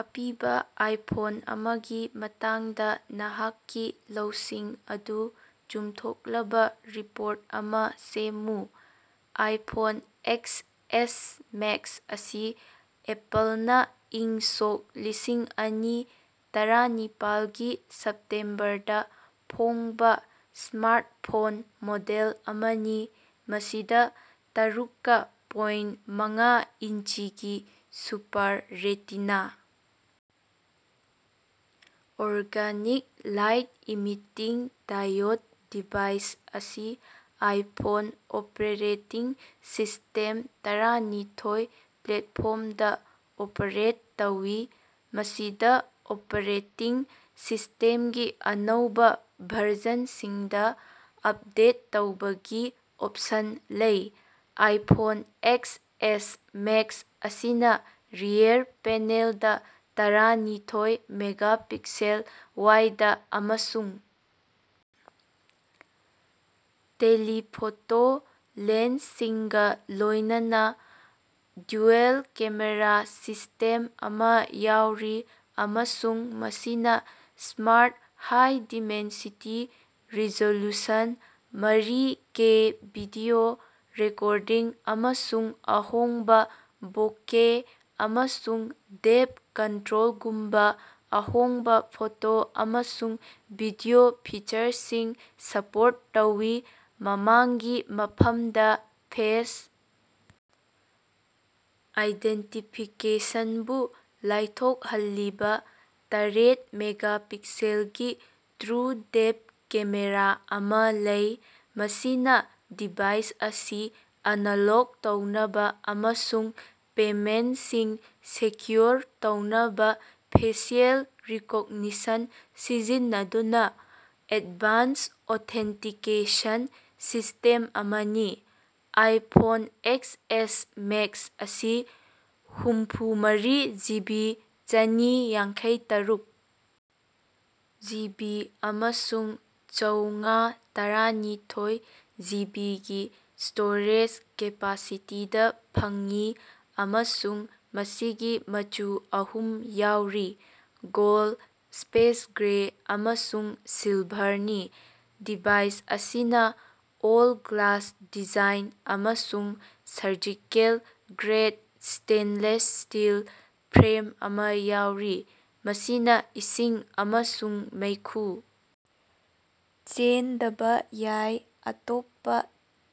ꯑꯄꯤꯕꯥ ꯑꯥꯏꯐꯣꯟ ꯑꯃꯒꯤ ꯃꯇꯥꯡꯗꯥ ꯅꯍꯥꯛꯀꯤ ꯂꯧꯁꯤꯡ ꯑꯗꯨ ꯆꯨꯝꯊꯣꯛꯂꯕꯥ ꯔꯤꯄꯣꯔꯠ ꯑꯃꯥ ꯁꯦꯝꯃꯨ꯫ ꯑꯥꯏꯐꯣꯟ ꯑꯦꯛꯁꯑꯦꯁ ꯃꯦꯛꯁ ꯑꯁꯤ ꯑꯦꯄꯜꯅꯥ ꯏꯪ ꯁꯣꯛ ꯂꯤꯁꯤꯡ ꯑꯅꯤ ꯇꯔꯥꯅꯤꯄꯥꯜꯒꯤ ꯁꯦꯞꯇꯦꯝꯕꯔꯗꯥ ꯐꯣꯡꯕꯥ ꯁ꯭ꯃꯥꯔꯠꯐꯣꯟ ꯃꯣꯗꯦꯜ ꯑꯃꯅꯤ, ꯃꯁꯤꯗꯥ ꯇꯔꯨꯛꯀꯥ ꯄꯣꯏꯟꯠ ꯃꯉꯥ ꯏꯟꯆꯤꯒꯤ super retina organic light emitting diode device ꯑꯁꯤ ꯑꯥꯏꯐꯣꯟ ꯑꯣꯄꯦꯔꯦꯇꯤꯡ ꯁꯤꯁꯇꯦꯝ ꯇꯔꯥꯅꯤꯊꯣꯏ ꯄ꯭ꯂꯦꯠꯐꯣꯝꯗꯥ ꯑꯣꯄꯔꯦꯠ ꯇꯧꯏ, ꯃꯁꯤꯗꯥ ꯑꯣꯄꯔꯦꯇꯤꯡ ꯁꯤꯁ꯭ꯇꯦꯝꯒꯤ ꯑꯅꯧꯕꯥ ꯚꯔꯖꯟꯁꯤꯡꯗꯥ ꯑꯞꯗꯦꯠ ꯇꯧꯕꯒꯤ ꯑꯣꯞꯁꯟ ꯂꯩ꯫ ꯑꯥꯏꯐꯣꯟ ꯑꯦꯛꯁꯑꯦꯁ ꯃꯦꯛꯁ ꯑꯁꯤꯅꯥ ꯔꯤꯑꯦꯔ ꯄꯦꯅꯦꯜꯗꯥ ꯇꯔꯥꯅꯤꯊꯣꯏ ꯃꯦꯒꯥ ꯄꯤꯛꯁꯦꯜ ꯋꯥꯏꯗ ꯑꯃꯁꯨꯡ ꯇꯦꯂꯤꯐꯣꯇꯣ ꯂꯦꯟꯁꯁꯤꯡꯒꯥ ꯂꯣꯏꯅꯅꯥ ꯗ꯭ꯌꯨꯑꯦꯜ-ꯀꯦꯃꯦꯔꯥ ꯁꯤꯁ꯭ꯇꯦꯝ ꯑꯃꯥ ꯌꯥꯎꯔꯤ ꯑꯃꯁꯨꯡ ꯃꯁꯤꯅꯥ ꯁ꯭ꯃꯥꯔꯠ ꯍꯥꯏ ꯗꯤꯃꯦꯟꯁꯤꯇꯤ ꯔꯤꯖꯣꯂꯨꯁꯟ, ꯃꯔꯤ ꯀꯦ ꯚꯤꯗꯤꯑꯣ ꯔꯦꯀꯣꯔꯗꯤꯡ ꯑꯃꯁꯨꯡ ꯑꯍꯣꯡꯕꯥ ꯕꯣꯀꯦ ꯑꯃꯁꯨꯡ ꯗꯦꯞ ꯀꯟꯇ꯭ꯔꯣꯜꯒꯨꯝꯕꯥ ꯑꯍꯣꯡꯕꯥ ꯐꯣꯇꯣ ꯑꯃꯁꯨꯡ ꯚꯤꯗꯤꯑꯣ ꯐꯤꯆꯔꯁꯤꯡ ꯁꯥꯄꯣꯔꯠ ꯇꯧꯏ꯫ ꯃꯃꯥꯡꯒꯤ ꯃꯐꯝꯗꯥ, ꯐꯦꯁ ꯑꯥꯏꯗꯦꯟꯇꯤꯐꯤꯀꯦꯁꯟꯕꯨ ꯂꯥꯏꯊꯣꯛꯍꯜꯂꯤꯕꯥ ꯇꯥꯔꯦꯠ ꯃꯦꯒꯥ ꯄꯤꯛꯁꯦꯜꯒꯤ ꯇ꯭ꯔꯨꯗꯦꯞ ꯀꯦꯃꯦꯔꯥ ꯑꯃꯥ ꯂꯩ ꯃꯁꯤꯅꯥ ꯗꯤꯚꯥꯏꯁ ꯑꯁꯤ ꯑꯅꯥꯂꯣꯛ ꯇꯧꯅꯕꯥ ꯑꯃꯁꯨꯡ ꯄꯦꯃꯦꯟꯁꯤꯡ ꯁꯦꯀ꯭ꯌꯨꯔ ꯇꯧꯅꯕꯥ ꯐꯦꯁꯤꯑꯦꯜ ꯔꯤꯀꯣꯛꯅꯤꯁꯟ ꯁꯤꯖꯤꯟꯅꯗꯨꯅꯥ ꯑꯦꯠꯚꯥꯟꯁ ꯑꯣꯊꯦꯟꯇꯤꯀꯦꯁꯟ ꯁꯤꯁꯇꯦꯝ ꯑꯃꯅꯤ꯫ ꯑꯥꯏꯐꯣꯟ ꯑꯦꯛꯁꯑꯦꯁ ꯃꯦꯛꯁ ꯑꯁꯤ ꯍꯨꯝꯐꯨꯃꯔꯤ ꯖꯤꯕꯤ, ꯆꯥꯅꯤ ꯌꯥꯡꯈꯩꯇꯥꯔꯨꯛ ꯖꯤꯕꯤ ꯑꯃꯁꯨꯡ ꯆꯧꯉꯥ ꯇꯔꯥꯅꯤꯊꯣꯏ ꯖꯤꯕꯤꯒꯤ ꯁ꯭ꯇꯣꯔꯦꯖ ꯀꯦꯄꯥꯁꯤꯇꯤꯗꯥ ꯐꯪꯏ ꯑꯃꯁꯨꯡ ꯃꯁꯤꯒꯤ ꯃꯆꯨ ꯑꯍꯨꯝ ꯌꯥꯎꯔꯤ: ꯒꯣꯜꯗ, ꯁ꯭ꯄꯦꯁ ꯒ꯭ꯔꯦ ꯑꯃꯁꯨꯡ ꯁꯤꯜꯚꯥꯔꯅꯤ꯫ ꯗꯤꯚꯥꯏꯁ ꯑꯁꯤꯅꯥ ꯑꯣꯜ-ꯒ꯭ꯂꯥꯁ ꯗꯤꯖꯥꯏꯟ ꯑꯃꯁꯨꯡ ꯁꯔꯖꯤꯀꯦꯜ-ꯒ꯭ꯔꯦꯠ ꯁ꯭ꯇꯦꯟꯂꯦꯁ ꯁ꯭ꯇꯤꯜ ꯐ꯭ꯔꯦꯝ ꯑꯃꯥ ꯌꯥꯎꯔꯤ, ꯃꯁꯤꯅꯥ ꯏꯁꯤꯡ ꯑꯃꯁꯨꯡ ꯃꯩꯈꯨ ꯆꯦꯟꯗꯕꯥ ꯌꯥꯏ꯫ ꯑꯇꯣꯞꯄꯥ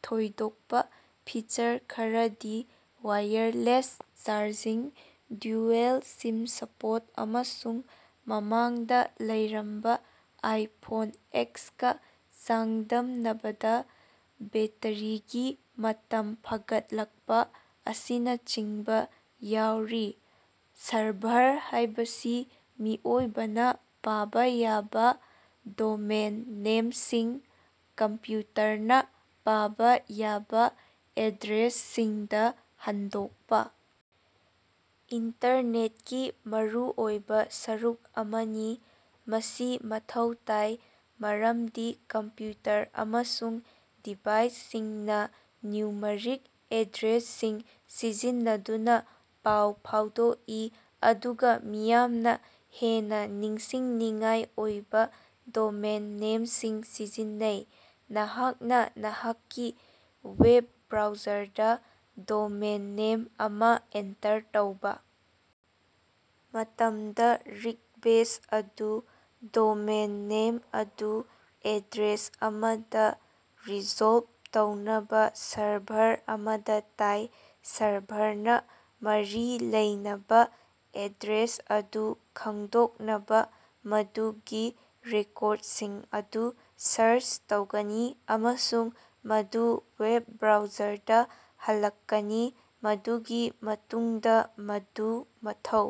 ꯊꯣꯏꯗꯣꯛꯄꯥ ꯐꯤꯆꯔ ꯈꯔꯗꯤ ꯋꯥꯏꯌꯔꯂꯦꯁ ꯆꯥꯔꯖꯤꯡ, ꯗ꯭ꯌꯨꯑꯦꯜ-ꯁꯤꯝ ꯁꯄꯣꯠ ꯑꯃꯁꯨꯡ ꯃꯃꯥꯡꯗꯥ ꯂꯩꯔꯝꯕꯥ ꯑꯥꯏꯐꯣꯟ ꯑꯦꯛꯁꯀꯥ ꯆꯥꯡꯗꯝꯅꯕꯗꯥ ꯕꯦꯠꯇꯔꯤꯒꯤ ꯃꯇꯝ ꯐꯒꯠꯂꯛꯄꯥ ꯑꯁꯤꯅꯆꯤꯡꯕꯥ ꯌꯥꯎꯔꯤ꯫ ꯁꯔꯚꯔ ꯍꯥꯏꯕꯁꯤ ꯃꯤꯑꯣꯏꯕꯅꯥ ꯄꯥꯕꯥ ꯌꯥꯕꯥ ꯗꯣꯃꯦꯟ ꯅꯦꯝꯁꯤꯡ, ꯀꯝꯄ꯭ꯌꯨꯇꯔꯅꯥ ꯄꯥꯕꯥ ꯌꯥꯕꯥ ꯑꯦꯗ꯭ꯔꯦꯁꯁꯤꯡꯗꯥ ꯍꯟꯗꯣꯛꯄꯥ ꯏꯟꯇꯔꯅꯦꯠꯀꯤ ꯃꯔꯨꯑꯣꯏꯕꯥ ꯁꯔꯨꯛ ꯑꯃꯅꯤ꯫ ꯃꯁꯤ ꯃꯊꯧ ꯇꯥꯏ ꯃꯔꯝꯗꯤ ꯀꯝꯄ꯭ꯌꯨꯇꯔ ꯑꯃꯁꯨꯡ ꯗꯤꯚꯥꯏꯁꯁꯤꯡꯅꯥ ꯅ꯭ꯌꯨꯃꯔꯤꯛ ꯑꯦꯗ꯭ꯔꯦꯁꯁꯤꯡ ꯁꯤꯖꯤꯟꯅꯗꯨꯅꯥ ꯄꯥꯎ ꯐꯥꯎꯗꯣꯛꯏ, ꯑꯗꯨꯒꯥ ꯃꯤꯌꯥꯝꯅꯥ ꯍꯦꯟꯅꯥ ꯅꯤꯡꯁꯤꯡꯅꯤꯡꯉꯥꯏ ꯑꯣꯏꯕꯥ ꯗꯣꯃꯦꯟ ꯅꯦꯝꯁꯤꯡ ꯁꯤꯖꯤꯟꯅꯩ꯫ ꯅꯍꯥꯛꯅꯥ ꯅꯍꯥꯛꯀꯤ ꯋꯦꯞ ꯕ꯭ꯔꯥꯎꯖꯔꯗꯥ ꯗꯣꯃꯦꯟ ꯅꯦꯝ ꯑꯃꯥ ꯑꯦꯟꯇꯔ ꯇꯧꯕꯥ ꯃꯇꯝꯗꯥ, ꯔꯤꯛꯕꯦꯁ ꯑꯗꯨ ꯗꯣꯃꯦꯟ ꯅꯦꯝ ꯑꯗꯨ ꯑꯦꯗ꯭ꯔꯦꯁ ꯑꯃꯗꯥ ꯔꯤꯖꯣꯜꯕ ꯇꯧꯅꯕꯥ ꯁꯔꯚꯔ ꯑꯃꯗꯥ ꯊꯥꯏ꯫ ꯁꯔꯚꯔꯅꯥ ꯃꯔꯤ ꯂꯩꯅꯕꯥ ꯑꯦꯗ꯭ꯔꯦꯁ ꯑꯗꯨ ꯈꯪꯗꯣꯛꯅꯕꯥ ꯃꯗꯨꯒꯤ ꯔꯦꯀꯣꯔꯗꯁꯤꯡ ꯑꯗꯨ ꯁꯥꯔꯆ ꯇꯧꯒꯅꯤ ꯑꯃꯁꯨꯡ ꯃꯗꯨ ꯋꯦꯕ ꯕ꯭ꯔꯥꯎꯖꯔꯗꯥ ꯍꯜꯂꯛꯀꯅꯤ, ꯃꯗꯨꯒꯤ ꯃꯇꯨꯡꯗꯥ ꯃꯗꯨ ꯃꯊꯧ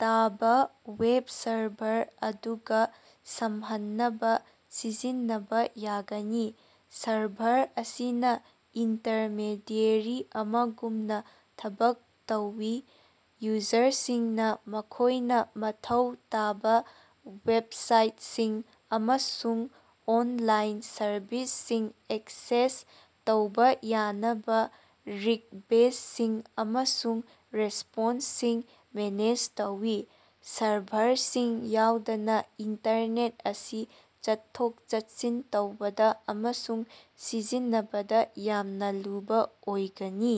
ꯇꯥꯕꯥ ꯋꯦꯕ ꯁꯔꯚꯔ ꯑꯗꯨꯒꯥ ꯁꯝꯅꯍꯟꯅꯕꯥ ꯁꯤꯖꯤꯟꯅꯕꯥ ꯌꯥꯒꯅꯤ꯫ ꯁꯔꯚꯔ ꯑꯁꯤꯅꯥ ꯏꯟꯇꯔꯃꯦꯗꯤꯑꯦꯔꯤ ꯑꯃꯒꯨꯝꯅꯥ ꯊꯕꯛ ꯇꯧꯏ, ꯌꯨꯖꯔꯁꯤꯡꯅꯥ ꯃꯈꯣꯏꯅꯥ ꯃꯊꯧ ꯇꯥꯕꯥ ꯋꯦꯞꯁꯥꯏꯠꯁꯤꯡ ꯑꯃꯁꯨꯡ ꯑꯣꯟꯂꯥꯏꯟ ꯁꯔꯚꯤꯁꯁꯤꯡ ꯑꯦꯛꯁꯦꯁ ꯇꯧꯕꯥ ꯌꯥꯅꯕꯥ ꯔꯤꯛꯕꯦꯁꯁꯤꯡ ꯑꯃꯁꯨꯡ ꯔꯦꯁꯄꯣꯟꯁꯁꯤꯡ ꯃꯦꯅꯦꯖ ꯇꯧꯏ꯫ ꯁꯔꯚꯔꯁꯤꯡ ꯌꯥꯎꯗꯅꯥ ꯏꯟꯇꯔꯅꯦꯠ ꯑꯁꯤ ꯆꯠꯊꯣꯛ-ꯆꯠꯁꯤꯟ ꯇꯧꯕꯗꯥ ꯑꯃꯁꯨꯡ ꯁꯤꯖꯤꯟꯅꯕꯗꯥ ꯌꯥꯝꯅꯥ ꯂꯨꯕꯥ ꯑꯣꯏꯒꯅꯤ꯫